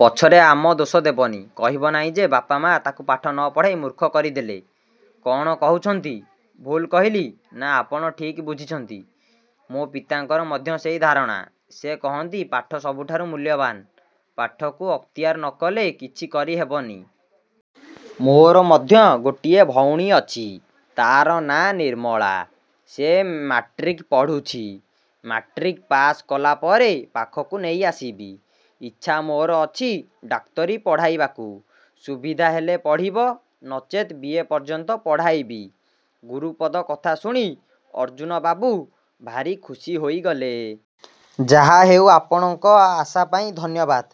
ପଛରେ ଆମ ଦୋଷ ଦେବନି। କହିବ ନାହିଁ ଯେ ବାପ ମା' ତାକୁ ପାଠ ନପଢ଼ାଇ ମୂର୍ଖ କରିଦେଲେ। କ'ଣ କହୁଛନ୍ତି, ଭୁଲ୍ କହିଲି? ନାଁ ଆପଣ ଠିକ୍ ବୁଝିଛନ୍ତି। ମୋ ପିତାଙ୍କର ମଧ୍ୟ ସେଇ ଧାରଣା। ସେ କହନ୍ତି ପାଠ ସବୁଠାରୁ ମୂଲ୍ୟବାନ୍। ପାଠକୁ ଅକ୍ତିଆର ନକଲେ କିଛି କରି ହେବନି। ମୋର ମଧ୍ୟ ଗୋଟିଏ ଭଉଣୀ ଅଛି। ତା'ର ନାଁ ନିର୍ମଳା। ସେ ମାଟ୍ରିକ୍ ପଢ଼ୁଛି। ମାଟ୍ରିକ୍ ପାଶ୍ କଲାପରେ ପାଖକୁ ନେଇଆସିବି। ଇଚ୍ଛା ମୋର ଅଛି ଡାକ୍ତରୀ ପଢ଼ାଇବାକୁ। ସୁବିଧା ହେଲେ ପଢ଼ିବ। ନଚେତ୍ ବିଏ ପର୍ଯ୍ୟନ୍ତ ପଢ଼ାଇବି। ଗୁରୁପଦ କଥା ଶୁଣି ଅର୍ଜ୍ଜୁନବାବୁ ଭାରି ଖୁସି ହୋଇଗଲେ। ଯାହାହେଉ ଆପଣଙ୍କ ଆଶାପାଇଁ ଧନ୍ୟବାଦ।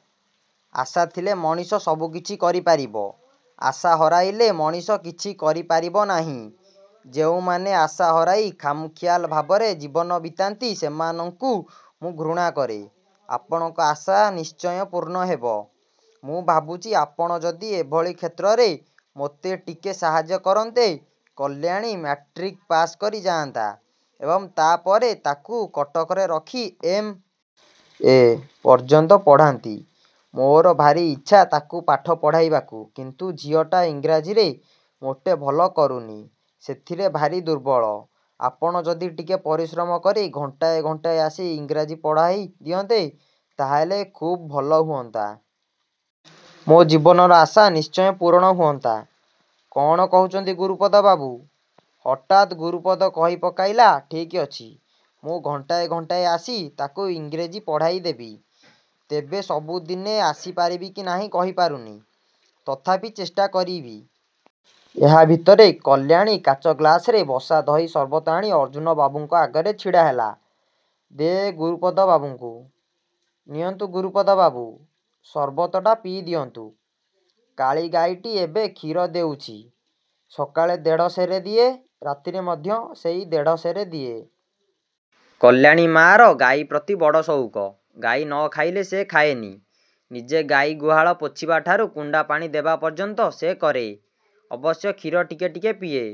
ଆଶା ଥିଲେ ମଣିଷ ସବୁକିଛି କରିପାରିବ। ଆଶା ହରାଇଲେ ମଣିଷ କିଛି କରିପାରିବ ନାହିଁ। ଯେଉଁମାନେ ଆଶା ହରାଇ ଖାମଖିଆଲ ଭାବରେ ଜୀବନ ବିତାନ୍ତି ସେମାନଙ୍କୁ ମୁଁ ଘୃଣା କରେ। ଆପଣଙ୍କ ଆଶା ନିଶ୍ଚୟ ପୂର୍ଣ୍ଣ ହେବ। ମୁଁ ଭାବୁଛି ଆପଣ ଯଦି ଏହିଭଳି କ୍ଷେତ୍ରରେ ମୋତେ ଟିକେ ସାହାଯ୍ୟ କରନ୍ତେ, କଲ୍ୟାଣୀ ମାଟ୍ରିକ୍ ପାଶ୍ କରି ଯାଆନ୍ତା ଏବଂ ତା' ପରେ ତା'କୁ କଟକରେ ରଖି ଏମ୍. ଏ. ପର୍ଯ୍ୟନ୍ତ ପଢ଼ାନ୍ତି। ମୋର ଭାରି ଇଚ୍ଛା ତା'କୁ ପାଠ ପଢ଼ାଇବାକୁ କିନ୍ତୁ ଝିଅଟା ଇଂରାଜୀରେ ମୋଟେ ଭଲ କରୁନି। ସେଥିରେ ଭାରି ଦୁର୍ବଳ। ଆପଣ ଯଦି ଟିକେ ପରିଶ୍ରମ କରି ଘଣ୍ଟାଏ ଘଣ୍ଟାଏ ଆସି ଇଂରାଜୀ ପଢ଼ାଇ ଦିଅନ୍ତେ, ତାହାହେଲେ ଖୁବ୍ ଭଲ ହୁଅନ୍ତା। ମୋ ଜୀବନର ଆଶା ନିଶ୍ଚୟ ପୂରଣ ହୁଅନ୍ତା। କ'ଣ କହୁଛନ୍ତି ଗୁରୁପଦ ବାବୁ? ହଠାତ୍ ଗୁରୁପଦ କହି ପକାଇଲା ଠିକ୍ ଅଛି, ମୁଁ ଘଣ୍ଟାଏ ଘଣ୍ଟାଏ ଆସି ତା'କୁ ଇଂରେଜୀ ପଢ଼ାଇ ଦେବି। ତେବେ ସବୁଦିନେ ଆସି ପାରିବି କି ନାହିଁ କହିପାରୁନି। ତଥାପି ଚେଷ୍ଟା କରିବି। ଏହା ଭିତରେ କଲ୍ୟାଣୀ କାଚଗ୍ଳାସରେ ବସାଦହି ସର୍ବତ ଆଣି ଅର୍ଜ୍ଜୁନବାବୁଙ୍କ ଆଗରେ ଛିଡ଼ା ହେଲା। ଦେ, ଗୁରୁପଦ ବାବୁଙ୍କୁ। ନିଅନ୍ତୁ ଗୁରୁପଦ ବାବୁ, ସର୍ବତଟା ପିଇଦିଅନ୍ତୁ। କାଳି ଗାଈଟି ଏବେ କ୍ଷୀର ଦେଉଛି। ସକାଳେ ଦେଢ଼ ସେରେ ଦିଏ, ରାତିରେ ମଧ୍ୟ ସେଇ ଦେଢ଼ସେରେ ଦିଏ। କଲ୍ୟାଣୀ ମା'ର ଗାଈ ପ୍ରତି ବଡ଼ ସଉକ। ଗାଈ ନଖାଇଲେ ସେ ଖାଏନି। ନିଜେ ଗାଈ ଗୁହାଳ ପୋଛିବାଠାରୁ କୁଣ୍ଡା ପାଣି ଦେବା ପର୍ଯ୍ୟନ୍ତ ସେ କରେ। ଅବଶ୍ୟ କ୍ଷୀର ଟିକେ ଟିକେ ପିଏ।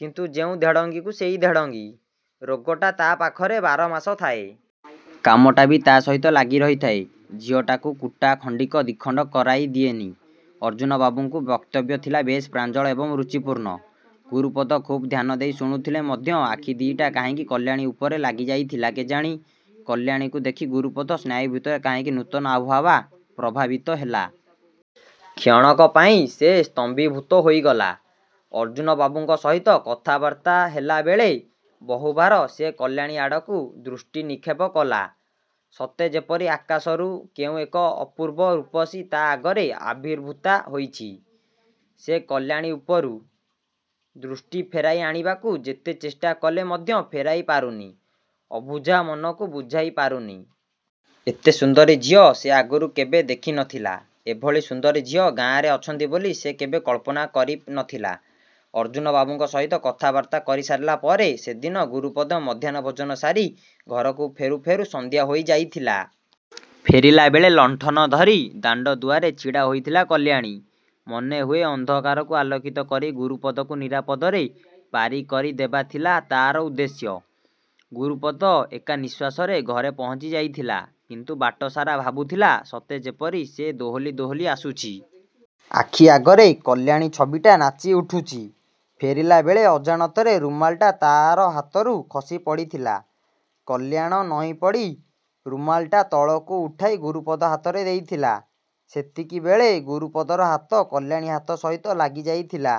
କିନ୍ତୁ ଯେଉଁ ଧେଡ଼ଙ୍ଗିକୁ ସେଇ ଧେଡ଼ଙ୍ଗି। ରୋଗଟା ତା' ପାଖରେ ବାରମାସ ଥାଏ। କାମଟା ବି ତା' ସହିତ ଲାଗି ରହିଥାଏ। ଝିଅଟାକୁ କୁଟା ଖଣ୍ଡିକ ଦିଖଣ୍ଡ କରାଇ ଦିଏନି। ଅର୍ଜ୍ଜୁନବାବୁଙ୍କୁ ବକ୍ତବ୍ୟ ଥିଲା ବେଶ୍ ପ୍ରାଞ୍ଜଳ ଏବଂ ରୁଚିପୂର୍ଣ୍ଣ। ଗୁରୁପଦ ଖୁବ୍ ଧ୍ୟାନଦେଇ ଶୁଣୁଥିଲେ ମଧ୍ୟ ଆଖି ଦି'ଟା କାହିଁକି କଲ୍ୟାଣୀ ଉପରେ ଲାଗି ଯାଇଥିଲା, କେଜାଣି? କଲ୍ୟାଣୀକୁ ଦେଖି ଗୁରୁପଦ ସ୍ନାୟୁ ଭିତରେ କାହିଁକି ନୂତନ ଆବହାଓ୍ୱା ପ୍ରଭାବିତ ହେଲା। କ୍ଷଣକ ପାଇଁ ସେ ସ୍ତମ୍ଭୀଭୂତ ହୋଇଗଲା। ଅର୍ଜ୍ଜୁନବାବୁଙ୍କ ସହିତ କଥାବାର୍ତ୍ତା ହେଲାବେଳେ ବହୁବାର ସେ କଲ୍ୟାଣୀ ଆଡ଼କୁ ଦୃଷ୍ଟି ନିକ୍ଷେପ କଲା, ସତେ ଯେପରି ଆକାଶରୁ କେଉଁ ଏକ ଅପୂର୍ବ ରୂପସୀ ତା' ଆଗରେ ଆବିର୍ଭୁତା ହୋଇଛି। ସେ କଲ୍ୟାଣୀ ଉପରୁ। ଦୃଷ୍ଟି ଫେରାଇ ଆଣିବାକୁ ଯେତେ ଚେଷ୍ଟା କଲେ ମଧ୍ୟ ଫେରାଇ ପାରୁନି–ଅବୁଝା ମନକୁ ବୁଝାଇ ପାରୁନି। ଏତେ ସୁନ୍ଦରୀ ଝିଅ ସେ ଆଗରୁ କେବେ ଦେଖି ନଥିଲା। ଏଭଳି ସୁନ୍ଦରୀ ଝିଅ ଏ ଗାଁରେ ଅଛନ୍ତି ବୋଲି ସେ କେବେ କଳ୍ପନା କରି ନ ଥିଲା। ଅର୍ଜ୍ଜୁନବାବୁଙ୍କ ସହିତ କଥାବାର୍ତ୍ତା କରିସାରିଲା ପରେ ସେଦିନ ଗୁରପଦ ମଧ୍ୟାହ୍ନ ଭୋଜନ ସାରି ଘରକୁ ଫେରୁ ଫେରୁ ସନ୍ଧ୍ୟା ହୋଇ ଯାଇଥିଲା। ଫେରିଲାବେଳେ ଲଣ୍ଠନ ଧରି ଦାଣ୍ଡ ଦୁଆରେ ଛିଡ଼ା ହୋଇଥିଲା କଲ୍ୟାଣୀ। ମନେ ହୁଏ ଅନ୍ଧକାରକୁ ଆଲୋକିତ କରି ଗୁରୁପଦକୁ ନିରାପଦରେ ପାରି କରି ଦେବା ଥିଲା ତା'ର ଉଦ୍ଦେଶ୍ୟ। ଗୁରୁପଦ ଏକା ନିଶ୍ୱାସରେ ଘରେ ପହଞ୍ଚି ଯାଇଥିଲା। କିନ୍ତୁ ବାଟ ସାରା ଭାବୁଥିଲା ସତେ ଯେପରି ସେ ଦୋହଲି ଦୋହଲି ଆସୁଛି। ଆଖି ଆଗରେ କଲ୍ୟାଣୀ ଛବିଟା ନାଚି ଉଠୁଛି। ଫେରିଲାବେଳେ ଅଜାଣତରେ ରୁମାଲଟା ତା'ର ହାତରୁ ଖସି ପଡ଼ିଥିଲା। କଲ୍ୟାଣ ନଇଁପଡ଼ି ରୁମାଲ୍ଟା ତଳୁ ଉଠାଇ ଗୁରୁପଦ ହାତରେ ଦେଇଥିଲା। ସେତିକିବେଳେ ଗୁରୁପଦର ହାତ କଲ୍ୟାଣୀ ହାତ ସହିତ ଲାଗିଯାଇଥିଲା।